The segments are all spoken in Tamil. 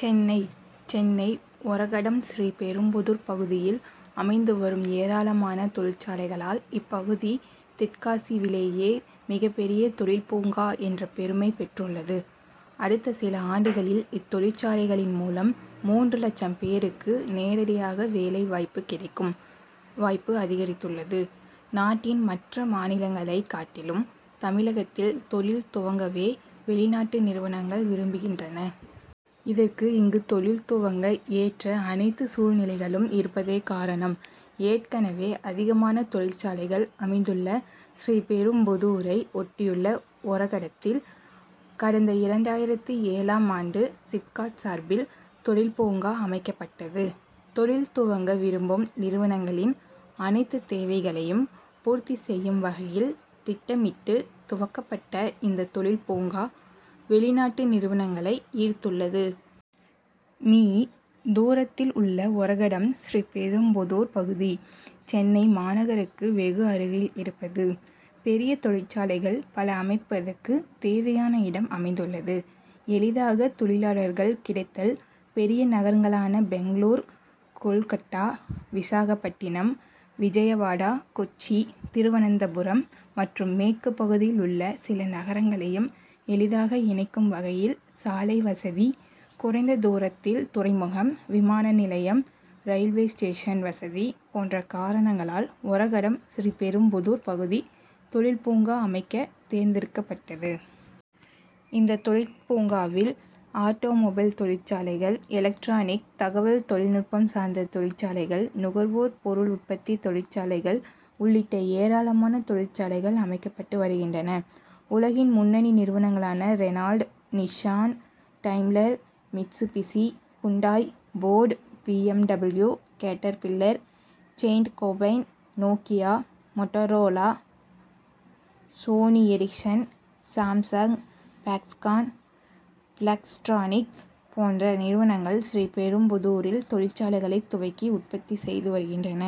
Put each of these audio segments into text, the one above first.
சென்னை சென்னை ஒரகடம் ஸ்ரீபெரும்புதூர் பகுதியில் அமைந்து வரும் ஏராளமான தொழிற்சாலைகளால் இப்பகுதி தெற்காசியவிலேயே மிகப்பெரிய தொழிற் பூங்கா என்ற பெருமை பெற்றுள்ளது. அடுத்த சில ஆண்டுகளில், இத்தொழிற்சாலைகளின் மூலம் மூன்று லட்சம் பேருக்கு நேரடியாக வேலை வாய்ப்பு கிடைக்கும் வாய்ப்பு அதிகரித்துள்ளது. நாட்டின் மற்ற மாநிலங்களை காட்டிலும், தமிழகத்தில் தொழில் துவங்கவே வெளிநாட்டு நிறுவனங்கள் விரும்புகின்றன. இதற்கு, இங்கு தொழில் துவங்க ஏற்ற அனைத்து சூழ்நிலைகளும் இருப்பதே காரணம். ஏற்கனவே அதிகமான தொழிற்சாலைகள் அமைந்துள்ள ஸ்ரீபெரும்புதூரை ஒட்டியுள்ள ஒரகடத்தில், கடந்த இரண்டாயிரத்து ஏழாம் ஆண்டு சிப்காட் சார்பில் தொழிற்பூங்கா அமைக்கப்பட்டது. தொழில் துவங்க விரும்பும் நிறுவனங்களின் அனைத்து தேவைகளையும் பூர்த்தி செய்யும் வகையில் திட்டமிட்டு, துவக்கப்பட்ட இந்த தொழிற்பூங்கா, வெளிநாட்டு நிறுவனங்களை ஈர்த்துள்ளது. மீ., தூரத்தில் உள்ளது ஒரகடம் ஸ்ரீபெரும்புதூர் பகுதி. சென்னை மாநகருக்கு வெகு அருகில் இருப்பது; பெரிய தொழிற்சாலைகள் பல அமைப்பதற்கு தேவையான இடம் அமைந்துள்ளது; எளிதாக தொழிலாளர்கள் கிடைத்தல்; பெரிய நகரங்களான பெங்களூரு, கோல்கட்டா, விசாகப்பட்டினம், விஜயவாடா, கொச்சி, திருவனந்தபுரம் மற்றும் மேற்கு பகுதியில் உள்ள சில நகரங்களையும் எளிதாக இணைக்கும் வகையில் சாலை வசதி; குறைந்த தூரத்தில் துறைமுகம், விமான நிலையம், ரயில்வே ஸ்டேஷன் வசதி போன்ற காரணங்களால் ஒரகடம் ஸ்ரீபெரும்புதூர் பகுதி தொழிற் பூங்கா அமைக்க தேர்ந்தெடுக்கப்பட்டது. இந்த தொழிற் பூங்காவில் ஆட்டோ மொபைல் தொழிற்சாலைகள், எலக்ட்ரானிக், தகவல் தொழில்நுட்பம் சார்ந்த தொழிற்சாலைகள், நுகர்வோர் பொருள் உற்பத்தி தொழிற்சாலைகள் உள்ளிட்ட ஏராளமான தொழிற்சாலைகள் அமைக்கப்பட்டு வருகின்றன. உலகின் முன்னணி நிறுவனங்களான Renault, Nissan, Daimler, Mitsubishi, Hyundai, Ford, B. M. W., Caterpillar, Saint Gobain, Nokia, Motorola, Sony Ericsson, Samsung, Foxconn, Flextronics போன்ற நிறுவனங்கள் ஸ்ரீபெரும்புதூரில் தொழிற்சாலைகளை துவக்கி, உற்பத்தி செய்து வருகின்றன.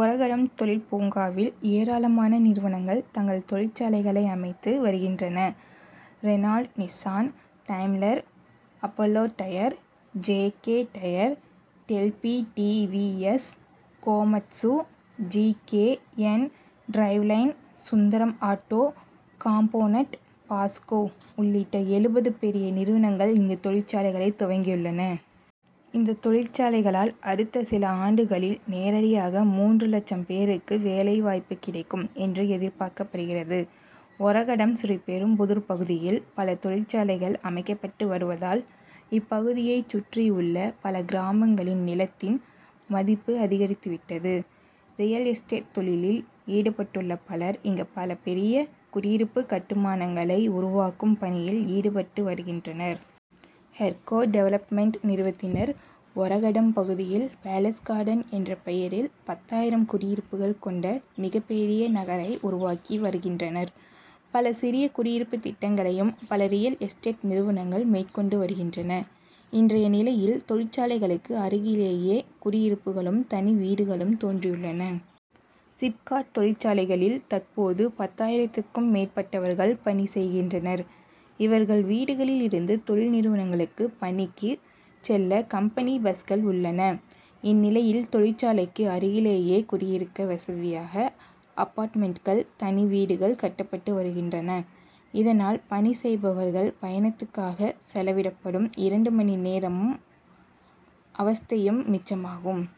ஒரகடம் தொழிற்பூங்காவில், ஏராளமான நிறுவனங்கள் தங்கள் தொழிற்சாலைகளை அமைத்து வருகின்றன. Renault Nissan, Daimler, Apollo tyre, J. K. Tyre, Delphi T. V. S., Komatsu, G. K. N Driveline, Sundaram auto component, Posco உள்ளிட்ட எழுபது பெரிய நிறுவனங்கள் இங்கு தொழிற்சாலைகளை துவங்கியுள்ளன. இந்த தொழிற்சாலைகளால், அடுத்த சில ஆண்டுகளில் நேரடியாக மூன்று லட்சம் பேருக்கு வேலை வாய்ப்பு கிடைக்கும் என்று எதிர்பார்க்கப்படுகிறது. ஒரகடம் ஸ்ரீபெரும்புதூர் பகுதியில் பல தொழிற்சாலைகள் அமைக்கப்பட்டு வருவதால் இப்பகுதியை சுற்றி உள்ள பல கிராமங்களில் நிலத்தின் மதிப்பு அதிகரித்து விட்டது. ரியல் எஸ்டேட் தொழிலில் ஈடுபட்டுள்ள பலர், இங்கு பல பெரிய குடியிருப்பு கட்டுமானங்களை உருவாக்கும் பணியில் ஈடுபட்டு வருகின்றனர். ஹெர்கோ டெவலப்மென்ட் நிறுவனத்தினர் ஒரகடம் பகுதியில் "பேலஸ் கார்டன் என்ற பெயரில் பத்தாயிரம் குடியிருப்புகள் கொண்ட மிகப்பெரிய நகரை உருவாக்கி வருகின்றனர். பல சிறிய குடியிருப்பு திட்டங்களையும் பல ரியல் எஸ்டேட் நிறுவனங்கள் மேற்கொண்டு வருகின்றன. இன்றைய நிலையில், தொழிற்சாலைகளுக்கு அருகிலேயே குடியிருப்புகளும், தனி வீடுகளும் தோன்றியுள்ளன. சிப்காட் தொழிற்சாலைகளில் தற்போது பத்தாயிரத்திற்கும் மேற்பட்டவர்கள் பணி செய்கின்றனர். இவர்கள் வீடுகளில் இருந்து தொழில் நிறுவனங்களுக்கு பணிக்கு செல்ல கம்பெனி பஸ்கள் உள்ளன. இந்நிலையில், தொழிற்சாலைக்கு அருகிலேயே குடியிருக்க வசதியாக அப்பார்ட்மென்ட்டுகள், தனி வீடுகள் கட்டப்பட்டு வருகின்றன. இதனால், பணி செய்பவர்கள் பயணத்திற்காக செலவிடப்படும் இரண்டு மணி நேரமும், அவஸ்த்தையும் மிச்சமாகும்.